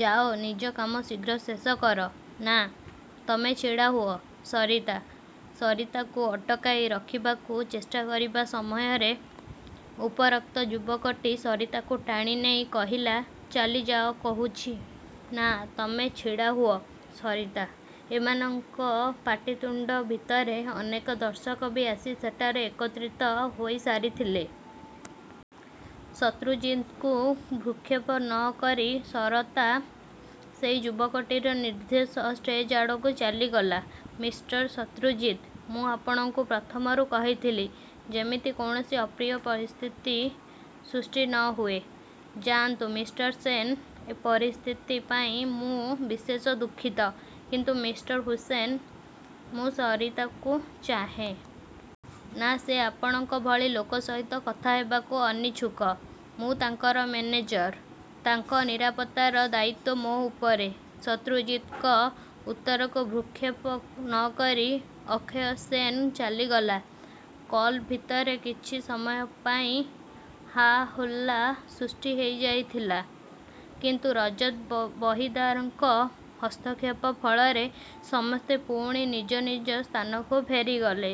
ଯାଅ ନିଜର କାମ ଶୀଘ୍ର ଶେଷ କର। ନା ତମେ ଛିଡ଼ାହୁଅ ସରିତା ସରିତାକୁ ଅଟକାଇ ରଖିବାକୁ ଚେଷ୍ଟା କରିବା ସମୟରେ ଉପରୋକ୍ତ ଯୁବକଟି ସରିତାକୁ ଟାଣିନେଇ କହିଲା ଚାଲିଯାଅ କହୁଛି। ନା ତମେ ଛିଡ଼ାହୁଅ ସରିତା ଏମାନଙ୍କ ପାଟିତୁଣ୍ତ ଭିତରେ ଅନେକ ଦର୍ଶକ ବି ଆସି ସେଠାରେ ଏକତ୍ରିତ ହୋଇସାରିଥିଲେ। ଶତ୍ରୁଜିତଙ୍କୁ ଭ୍ରୂକ୍ଷେପ ନ କରି ସରତା ସେଇ ଯୁବକଟିର ନିର୍ଦ୍ଦେଶରେ ଷ୍ଟେଜ୍ଆଡ଼କୁ ଚାଲିଗଲା। ମିଷ୍ଟର ଶତ୍ରୁଜିତ୍ ମୁଁ ଆପଣଙ୍କୁ ପ୍ରଥମରୁ କହିଥିଲି ଯେମିତି କୌଣସି ଅପ୍ରିୟ ପରିସ୍ଥିତି ସୃଷ୍ଟି ନ ହୁଏ। ଯାଆନ୍ତୁ ମିଷ୍ଟର ସେନ୍ ଏ ପରିସ୍ଥିତି ପାଇଁ ମୁଁ ବିଶେଷ ଦୁଃଖିତ କିନ୍ତୁ ମିଷ୍ଟର ହୁସେନ ମୁଁ ସରିତାକୁ ଚାହେଁ। ନା ସେ ଆପଣଙ୍କ ଭଳି ଲୋକ ସହିତ କଥା ହେବାକୁ ଅନିଚ୍ଛୁକ। ମୁଁ ତାଙ୍କର ମେନେଜର ତାଙ୍କ ନିରାପତ୍ତାର ଦାୟିତ୍ୱ ମୋ ଉପରେ। ଶତ୍ରୁଜିତଙ୍କ ଉତ୍ତରକୁ ଭ୍ରୁକ୍ଷେପ ନ କରି ଅକ୍ଷୟ ସେନ୍ ଚାଲିଗଲା। କଲ୍ ଭିତରେ କିଛି ସମୟ ପାଇଁ ହା ହୋଲ୍ଲା ସୃଷ୍ଟିହେଇଯାଇଥିଲା କିନ୍ତୁ ରଜତ ବହିଦାରଙ୍କ ହସ୍ତକ୍ଷେପ ଫଳରେ ସମସ୍ତେ ପୁଣି ନିଜ ନିଜ ସ୍ଥାନକୁ ଫେରିଗଲେ।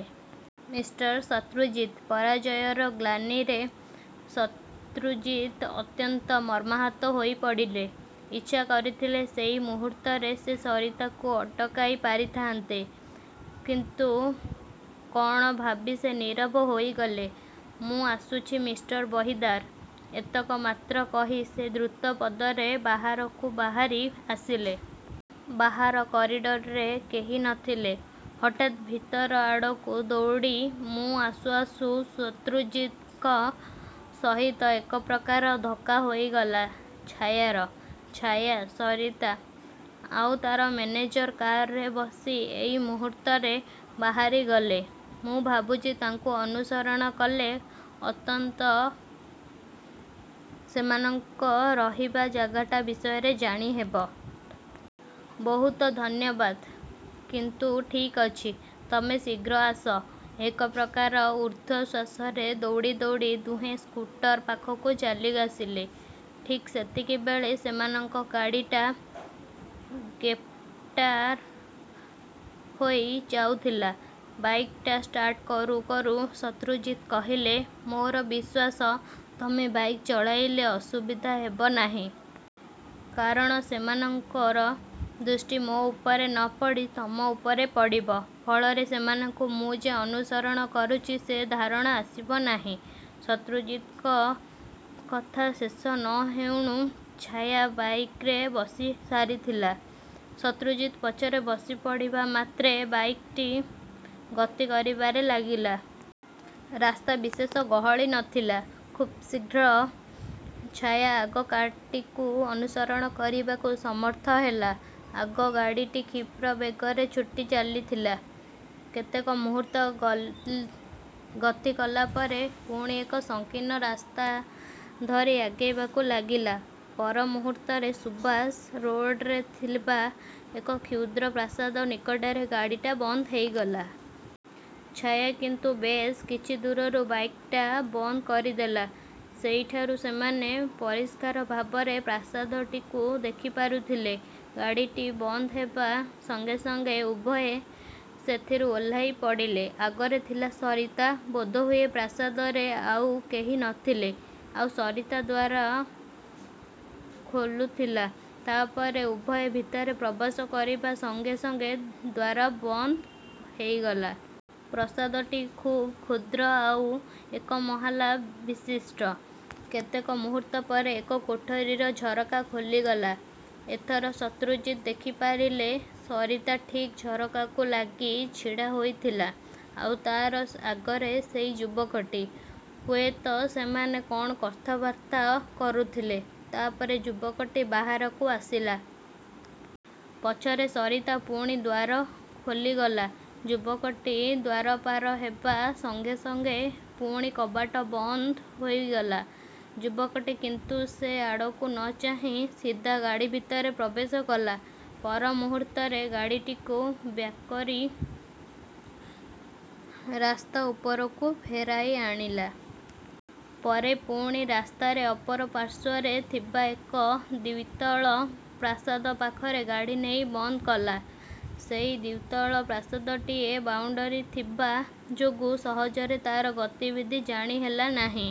ମିଷ୍ଟର ଶତ୍ରୁଜିତ୍ ପରାଜୟର ଗ୍ଳାନିରେ ଶତ୍ରୁଜିତ୍ଅତ୍ୟନ୍ତ ମର୍ମାହତ ହୋଇପଡ଼ିଲେ। ଇଚ୍ଛା କରିଥିଲେ ସେଇ ମୁହୂର୍ତ୍ତରେ ସେ ସରିତାକୁ ଅଟକାଇ ପାରିଥାଆନ୍ତେ କିନ୍ତୁ କଣ ଭାବି ସେ ନୀରବ ହୋଇଗଲେ। ମୁଁ ଆସୁଛି ମିଷ୍ଟର ବହିଦାର ଏତକ ମାତ୍ର କହି ସେ ଦ୍ରୁତ ପଦରେ ବାହାରକୁ ବାହାରି ଆସିଲେ। ବାହାର କରିଡ଼ରରେ କେହି ନ ଥିଲେ, ହଠାତ୍ ଭିତର ଆଡ଼କୁ ଦୌଡ଼ି ମୁଁ ଆସୁ ଆସୁ ଶତ୍ରୁଜିତଙ୍କ ସହିତ ଏକପ୍ରକାର ଧକ୍କା ହୋଇଗଲା ଛାୟାର। ଛାୟା ସରିତା ଆଉ ତା'ର ମେନେଜର କାରରେ ବସି ଏଇ ମୁହୂର୍ତ୍ତରେ ବାହାରିଗଲେ। ମୁଁ ଭାବୁଛି ତାଙ୍କୁ ଅନୁସରଣ କଲେ ଅନ୍ତତଃ ସେମାନଙ୍କ ରହିବା ଜାଗାଟା ବିଷୟରେ ଜାଣିହେବ। ବହୁତ ଧନ୍ୟବାଦ କିନ୍ତୁ ଠିକ୍ ଅଛି। ତମେ ଶୀଘ୍ର ଆସ। ଏକପ୍ରକାର ଊର୍ଦ୍ଧ୍ୱଶ୍ୱାସରେ ଦୌଡ଼ି ଦୌଡ଼ି ଦୁହେଁ ସ୍କୁଟର ପାଖକୁ ଚାଲିଆସିଲେ। ଠିକ୍ ସେତିକିବେଳେ ସେମାନଙ୍କ ଗାଡ଼ିଟା ଗେଟ୍ପାର ହୋଇ ଯାଉଥିଲା। ବାଇକ୍ଟା ଷ୍ଟାର୍ଟ କରୁ କରୁ ଶତ୍ରୁଜିତ୍ କହିଲେ ମୋର ବିଶ୍ୱାସ ତମେ ବାଇକ୍ ଚଳାଇଲେ ଅସୁବିଧା ହେବ ନାହିଁ। କାରଣ ସେମାନଙ୍କର ଦୃଷ୍ଟି ମୋ ଉପରେ ନ ପଡ଼ି ତମ ଉପରେ ପଡ଼ିବ। ଫଳରେ ସେମାନଙ୍କୁ ମୁଁ ଯେ ଅନୁସରଣ କରୁଛି ସେ ଧାରଣା ଆସିବ ନାହିଁ। ଶତ୍ରୁଜିତଙ୍କ କଥା ଶେଷ ନ ହେଉଣୁ ଛାୟା ବାଇକରେ ବସି ସାରିଥିଲା। ଶତ୍ରୁଜିତ୍ ପଛରେ ବସିପଡ଼ିବା ମାତ୍ରେ ବାଇକ୍ ଟି ଗତି କରିବାରେ ଲାଗିଲା। ରାସ୍ତା ବିଶେଷ ଗହଳି ନ ଥିଲା। ଖୁବ୍ ଶୀଘ୍ର ଛାୟା ଆଗ କାର୍ଟିକୁ ଅନୁସରଣ କରିବାକୁ ସମର୍ଥ ହେଲା। ଆଗ ଗାଡ଼ିଟି କ୍ଷିପ୍ର ବେଗରେ ଛୁଟି ଚାଲିଥିଲା। କେତେକ ମୁହୂର୍ତ୍ତ ଗତି କଲାପରେ ପୁଣି ଏକ ସଂକୀର୍ଣ୍ଣ ରାସ୍ତା ଧରି ଆଗେଇବାକୁ ଲାଗିଲା। ପର ମୁହୂର୍ତ୍ତରେ ସୁଭାଷ ରୋଡ଼ରେ ଥିବା ଏକ କ୍ଷୁଦ୍ର ପ୍ରାସାଦ ନିକଟରେ ଗାଡ଼ିଟା ବନ୍ଦ ହେଇଗଲା। ଛାୟା କିନ୍ତୁ ବେଶ୍ କିଛି ଦୂରରୁ ବାଇକ୍ଟା ବନ୍ଦ କରିଦେଲା। ସେଇଠାରୁ ସେମାନେ ପରିଷ୍କାର ଭାବରେ ପ୍ରାସାଦଟିକୁ ଦେଖିପାରୁଥିଲେ। ଗାଡ଼ିଟି ବନ୍ଦ ହେବା ସଙ୍ଗେ ସଙ୍ଗେ ଉଭୟେ ସେଥିରୁ ଓହ୍ଲାଇପଡ଼ିଲେ। ଆଗରେ ଥିଲା ସରିତା ବୋଧହୁଏ ପ୍ରାସାଦରେ ଆଉ କେହି ନ ଥିଲେ ଆଉ ସରିତା ଦ୍ୱାର ଖୋଲୁଥିଲା ତାପରେ ଉଭୟେ ଭିତରେ ପ୍ରବେଶ କରିବା ସଙ୍ଗେ ସଙ୍ଗେ ଦ୍ୱାର ବନ୍ଦ ହେଇଗଲା। ପ୍ରସାଦଟି ଖୁବ୍ କ୍ଷୁଦ୍ର ଆଉ ଏକମହଲା ବିଶିଷ୍ଟ। କେତେକ ମୁହୂର୍ତ୍ତ ପରେ ଏକ କୋଠାରିର ଝରକା ଖୋଲିଗଲା। ଏଥର ଶତ୍ରୁଜିତ୍ ଦେଖିପାରିଲେ ସରିତା ଠିକ୍ ଝରକାକୁ ଲାଗି ଛିଡ଼ା ହୋଇଥିଲା। ଆଉ ତାର ଆଗରେ ସେଇ ଯୁବକଟି। ହୁଏତ ସେମାନେ କଣ କଥାବାର୍ତ୍ତା କରୁଥିଲେ। ତା'ପରେ ଯୁବକଟି ବାହାରକୁ ଆସିଲା। ପଛରେ ସରିତା। ପୁଣି ଦ୍ୱାର ଖୋଲିଗଲା। ଯୁବକଟି ଦ୍ୱାର ପାର ହେବା ସଙ୍ଗେ ସଙ୍ଗେ ପୁଣି କବାଟ ବନ୍ଦ ହୋଇଗଲା। ଯୁବକଟି କିନ୍ତୁ ସେ ଆଡ଼କୁ ନ ଚାହିଁ ସିଧା ଗାଡ଼ି ଭିତରେ ପ୍ରବେଶ କଲା। ପର ମୁହୂର୍ତ୍ତରେ ଗାଡ଼ିଟିକୁ ବ୍ୟାକ୍କରି ରାସ୍ତା ଉପରକୁ ଫେରାଇ ଆଣିଲା। ପରେ ପୁଣି ରାସ୍ତାରେ ଅପର ପାର୍ଶ୍ୱରେ ଥିବା ଏକ ଦ୍ୱିତଳ ପ୍ରାସାଦ ପାଖରେ ଗାଡ଼ି ନେଇ ବନ୍ଦ କଲା। ସେଇ ଦ୍ୱିତଳ ପ୍ରାସାଦଟିଏ ବାଉଣ୍ତରୀ ଥିବା ଯୋଗୁ ସହଜରେ ତାର ଗତିବିଧି ଜାଣି ହେଲା ନାହିଁ।